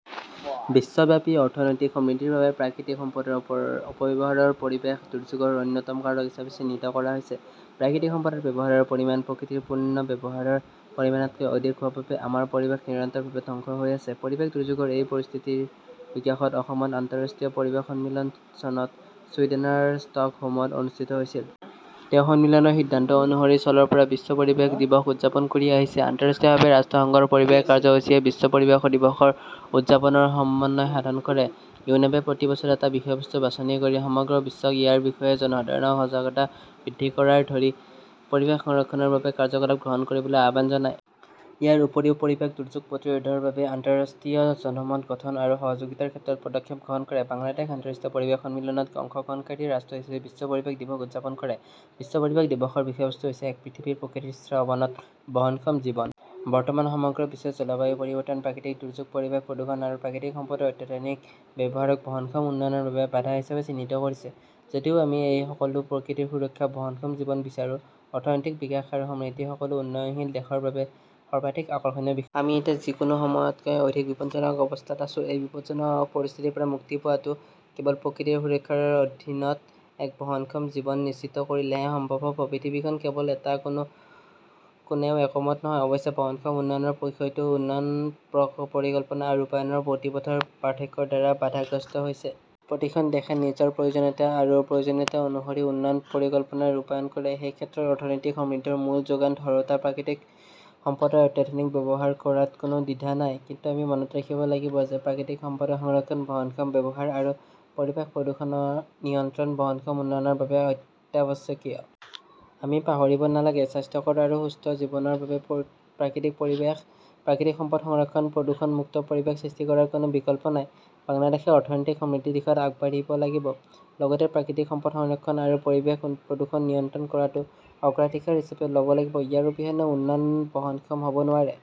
বিশ্বব্যাপী অৰ্থনৈতিক সমৃদ্ধিৰ বাবে প্ৰাকৃতিক সম্পদৰ অপব্যৱহাৰৰ পৰিৱেশ দুৰ্যোগৰ অন্যতম কাৰক হিচাপে চিহ্নিত কৰা হৈছে। প্ৰাকৃতিক সম্পদৰ ব্যৱহাৰৰ পৰিমাণ প্ৰকৃতিৰ পুনৰ্ব্যৱহাৰৰ পৰিমাণতকৈ অধিক হোৱাৰ বাবে আমাৰ পৰিৱেশ নিৰন্তৰভাৱে ধ্বংস হৈ আছে। পৰিৱেশ দুৰ্যোগৰ এই পৰিস্থিতিৰ বিকাশত প্ৰথম আন্তঃৰাষ্ট্ৰীয় পৰিৱেশ সন্মিলন চনত ছুইডেনৰ ষ্টকহোমত অনুষ্ঠিত হৈছিল। তেওঁ সন্মিলনৰ সিদ্ধান্ত অনুসৰি চনৰ পৰা বিশ্ব পৰিৱেশ দিৱস উদযাপন কৰি আহিছে। আন্তঃৰাষ্ট্ৰীয়ভাৱে, ৰাষ্ট্ৰসংঘৰ পৰিৱেশ কাৰ্যসূচীয়ে বিশ্ব পৰিৱেশ দিৱস উদযাপনৰ সমন্বয় সাধন কৰে। ইউনেপে প্ৰতি বছৰে এটা বিষয়বস্তু বাছনি কৰি সমগ্ৰ বিশ্বক ইয়াৰ বিষয়ে জনসাধাৰণৰ সজাগতা বৃদ্ধি কৰাৰ ধৰি পৰিৱেশ সংৰক্ষণৰ বাবে কাৰ্যকলাপ গ্ৰহণ কৰিবলৈ আহ্বান জনায়। ইয়াৰ উপৰিও, পৰিৱেশ দুৰ্যোগ প্ৰতিৰোধৰ বাবে আন্তঃৰাষ্ট্ৰীয় জনমত গঠন আৰু সহযোগিতাৰ ক্ষেত্ৰত পদক্ষেপ গ্ৰহণ কৰে। বাংলাদেশ আন্তঃৰাষ্ট্ৰীয় পৰিৱেশ সন্মিলনত অংশগ্ৰহণকাৰী ৰাষ্ট্ৰ হিচাপে বিশ্ব পৰিৱেশ দিৱস উদযাপন কৰে। বিশ্ব পৰিৱেশ দিৱস -ৰ বিষয়বস্তু হৈছে 'এক পৃথিৱী প্ৰকৃতিৰ শ্ৰৱণত বহনক্ষম জীৱন। বৰ্তমান সমগ্ৰ বিশ্বই জলবায়ু পৰিৱৰ্তন, প্ৰাকৃতিক দুৰ্যোগ, পৰিৱেশ প্ৰদূষণ আৰু প্ৰাকৃতিক সম্পদৰ অত্যাধুনিক ব্যৱহাৰক বহনক্ষম উন্নয়নৰ বাবে বাধা হিচাপে চিহ্নিত কৰিছে। যদিও আমি সকলোৱে প্ৰকৃতিৰ সুৰত বহনক্ষম জীৱন বিচাৰো, অৰ্থনৈতিক বিকাশ আৰু সমৃদ্ধি সকলো উন্নয়নশীল দেশৰ বাবে সৰ্বাধিক আকৰ্ষণীয় বিষয়। আমি এতিয়া যিকোনো সময়তকৈ অধিক বিপদজনক অৱস্থাত আছো। এই বিপদজনক পৰিস্থিতিৰ পৰা মুক্তি পোৱাটো কেৱল প্ৰকৃতিৰ সুৰক্ষাৰ অধীনত এক বহনক্ষম জীৱন নিশ্চিত কৰিলেহে সম্ভৱ হ'ব। পৃথিৱীখন কেৱল এটা-কোনেও একমত নহয়। অৱশ্যে 'বহনক্ষম উন্নয়ন বিষয়টো উন্নয়ন পৰিকল্পনা আৰু ৰূপায়ণৰ গতিপথৰ পাৰ্থক্যৰ দ্বাৰা বাধাগ্ৰস্ত হৈছে। প্ৰতিখন দেশে নিজৰ প্ৰয়োজনীয়তা আৰু প্ৰয়োজনীয়তা অনুসৰি উন্নয়ন পৰিকল্পনা ৰূপায়ণ কৰে। সেই ক্ষেত্ৰত, অৰ্থনৈতিক সমৃদ্ধৰ মূল যোগান ধৰোঁতা প্ৰাকৃতিক সম্পদৰ অত্যাধিক ব্যৱহাৰ কৰাত কোনো দ্বিধা নাই। কিন্তু আমি মনত ৰাখিব লাগিব যে প্ৰাকৃতিক সম্পদৰ সংৰক্ষণ, বহনক্ষম ব্যৱহাৰ আৰু পৰিৱেশ প্ৰদূষণ নিয়ন্ত্ৰণ বহনক্ষম উন্নয়নৰ বাবে অত্যাৱশ্যকীয়। আমি পাহৰিব নালাগে, স্বাস্থ্যকৰ আৰু সুস্থ জীৱনৰ বাবে প্ৰাকৃতিক সম্পদ সংৰক্ষণ আৰু প্ৰদূষণ-মুক্ত পৰিৱেশ সৃষ্টি কৰাৰ কোনো বিকল্প নাই। বাংলাদেশে অৰ্থনৈতিক সমৃদ্ধিৰ দিশত আগবাঢ়িব লাগিব। লগতে প্ৰাকৃতিক সম্পদ সংৰক্ষণ আৰু পৰিৱেশ প্ৰদূষণ নিয়ন্ত্ৰণ কৰাটো অগ্ৰাধিকাৰ হিচাপে ল'ব লাগিব। ইয়াৰ অবিহনে উন্নয়ন বহনক্ষম হ'ব নোৱাৰে।